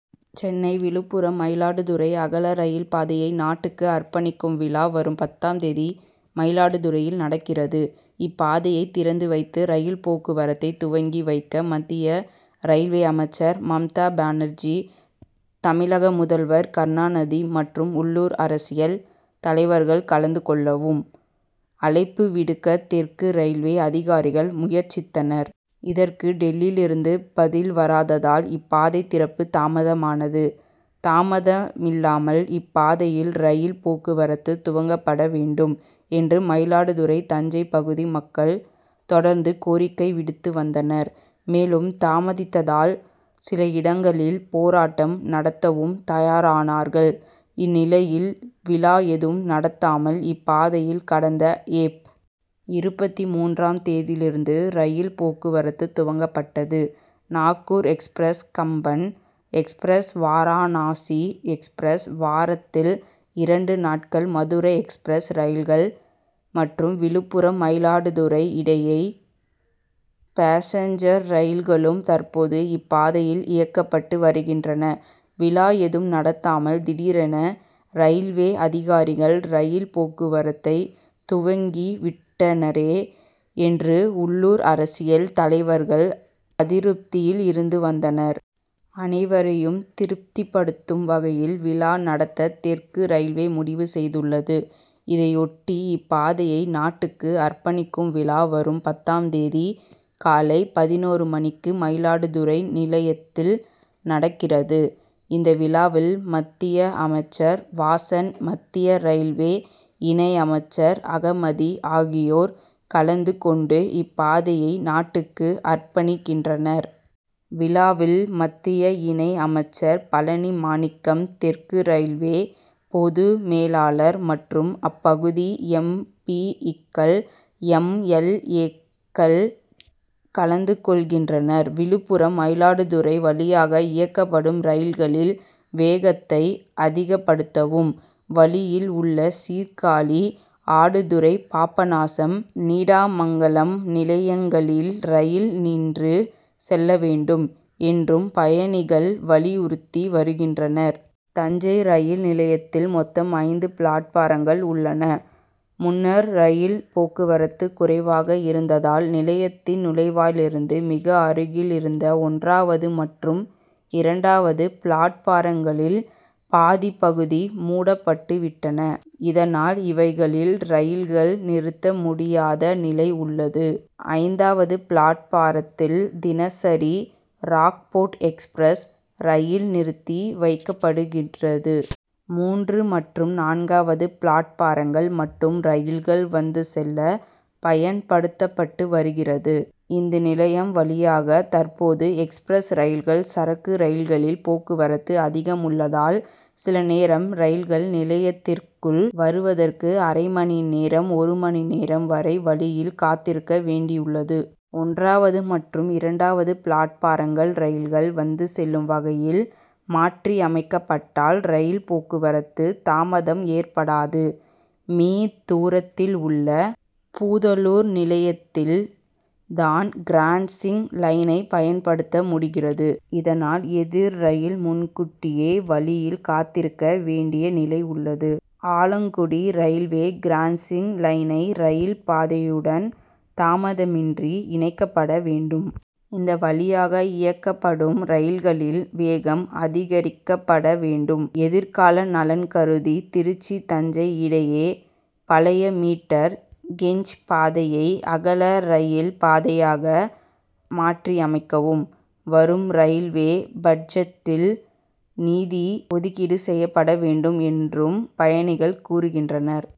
சென்னை விழுப்புரம் மயிலாடுதுறை அகல ரயில் பாதையை நாட்டுக்கு அர்ப்பணிக்கும் விழா வரும் பத்தாம் தேதி மயிலாடுதுறையில் நடக்கிறது. இப்பாதையை திறந்து வைத்து ரயில் போக்குவரத்தை துவங்கி வைக்க மத்திய ரயில்வே அமைச்சர் மம்தா பானர்ஜி தமிழக முதல்வர் கருணாநதி மற்றும் உள்ளூர் அரசியல் தலைவர்கள் கலந்து கொள்ளவும் அழைப்பு விடுக்க தெற்கு ரயில்வே அதிகாரிகள் முயற்சித்தனர். இதற்கு டெல்லியிலிருந்து பதில் வராததால் இப்பாதை திறப்பு தாமதமானது. தாமதமில்லாமல் இப்பாதையில் ரயில் போக்குவரத்து துவங்கப்பட வேண்டும் என்று மயிலாடுதுறை தஞ்சை பகுதி மக்கள் தொடர்ந்து கோரிக்கை விடுத்து வந்தனர். மேலும் தாமதித்தால் சில இடங்களில் போராட்டம் நடத்தவும் தயாரானார்கள். இந்நிலையில் விழா ஏதும் நடத்தாமல் இப்பாதையில் கடந்த ஏப். இருபத்தி மூன்றாம் தேதியிலிருந்து ரயில் போக்குவரத்து துவங்கப்பட்டது. Nagore express Kamban express Varanasi express வாரத்தில் இரண்டு நாட்கள் மதுரை எக்ஸ்பிரஸ் ரயில்கள் மற்றும் விழுப்புரம் மயிலாடுதுறை இடையே பாசஞ்சர் ரயில்களும் தற்போது இப்பாதையில் இயக்கப்பட்டு வருகின்றன. விழா ஏதும் நடத்தாமல் திடீரென ரயில்வே அதிகாரிகள் ரயில் போக்குவரத்தை துவங்கிவிட்டனரே என்று உள்ளூர் அரசியல் தலைவர்கள் அதிருப்தியில் இருந்து வந்தனர். அனைவரையும் திருப்திபடுத்தும் வகையில் விழா நடத்த தெற்கு ரயில்வே முடிவு செய்துள்ளது. இதையொட்டி இப்பாதையை நாட்டுக்கு அர்ப்பணிக்கும் விழா வரும் பத்தாம் தேதி காலை பதினொரு மணிக்கு மயிலாடுதுறை நிலையத்தில் நடக்கிறது. இந்த விழாவில் மத்திய அமைச்சர் வாசன் மத்திய ரயில்வே இணை அமைச்சர் அகமது ஆகியோர் கலந்து கொண்டு இப்பாதையை நாட்டுக்கு அர்ப்பணிக்கின்றனர். விழாவில் மத்திய இணை அமைச்சர் பழனி மாணிக்கம் தெற்கு ரயில்வே பொது மேலாளர் மற்றும் அப்பகுதி எம். பி.க்கள் எம். எல். ஏ.க்கள் கலந்து கொள்கின்றனர். விழுப்புரம் மயிலாடுதுறை வழியாக இயக்கப்படும் ரயில்களின் வேகத்தை அதிகப்படுத்தவும் வழியில் உள்ள சீர்காழி ஆடுதுறை பாபநாசம் நீடாமங்கலம் நிலையங்களில் ரயில் நின்று செல்ல வேண்டும் என்றும் பயணிகள் வலியுறுத்தி வருகின்றனர். தஞ்சை ரயில் நிலையத்தில் மொத்தம் ஐந்து பிளாட்பாரங்கள் உள்ளன. முன்னர் ரயில் போக்குவரத்து குறைவாக இருந்ததால் நிலையத்தின் நுழைவாயிலிருந்து மிக அருகில் இருந்த ஒன்றாவது மற்றும் இரண்டாவது பிளாட்பாரங்களில் பாதிப் பகுதி மூடப்பட்டுவிட்டன. இதனால் இவைகளில் ரயில்கள் நிறுத்த முடியாத நிலை உள்ளது. ஐந்தாவது பிளாட்பாரத்தில் தினசரி ராக்போர்ட் எக்ஸ்பிரஸ் ரயில் நிறுத்தி வைக்கப்படுகிறது. மூன்று மற்றும் நான்காவது பிளாட்பாரங்கள் மட்டும் ரயில்கள் வந்து செல்ல பயன்படுத்தப்பட்டு வருகிறது. இந்நிலையம் வழியாக தற்போது எக்ஸ்பிரஸ் ரயில்கள் சரக்கு ரயில்களின் போக்குவரத்து அதிகம் உள்ளதால் சில நேரம் ரயில்கள் நிலையத்திற்குள் வருவதற்கு அரை மணி நேரம் ஒரு மணி நேரம் வரை வழியில் காத்திருக்க வேண்டியுள்ளது. ஒன்றாவது மற்றும் இரண்டாவது பிளாட்பாரங்கள் ரயில்கள் வந்து செல்லும் வகையில் மாற்றியமைக்கப்பட்டால் ரயில் போக்குவரத்தில் தாமதம் ஏற்படாது. மீ. தூரத்தில் உள்ள பூதலூர் நிலையத்தில் தான் கிராசிங் லைனை பயன்படுத்த முடிகிறது. இதனால் எதிர் ரயில் முன்கூட்டியே வழியில் காத்திருக்க வேண்டிய நிலை உள்ளது. ஆலக்குடி ரயில்வே கிராசிங் லைனை ரயில் பாதையுடன் தாமதமின்றி இணைக்கப்பட வேண்டும். இந்த வழியாக இயக்கப்படும் ரயில்களில் வேகம் அதிகரிக்கப்பட வேண்டும். எதிர்கால நலன் கருதி திருச்சி தஞ்சை இடையே பழைய மீட்டர் கேஜ் பாதையை அகல ரயில் பாதையாக மாற்றியமைக்கவும் வரும் ரயில்வே பட்ஜெட்டில் நிதி ஒதுக்கீடு செய்யப்பட வேண்டும் என்றும் பயணிகள் கூறுகின்றனர்.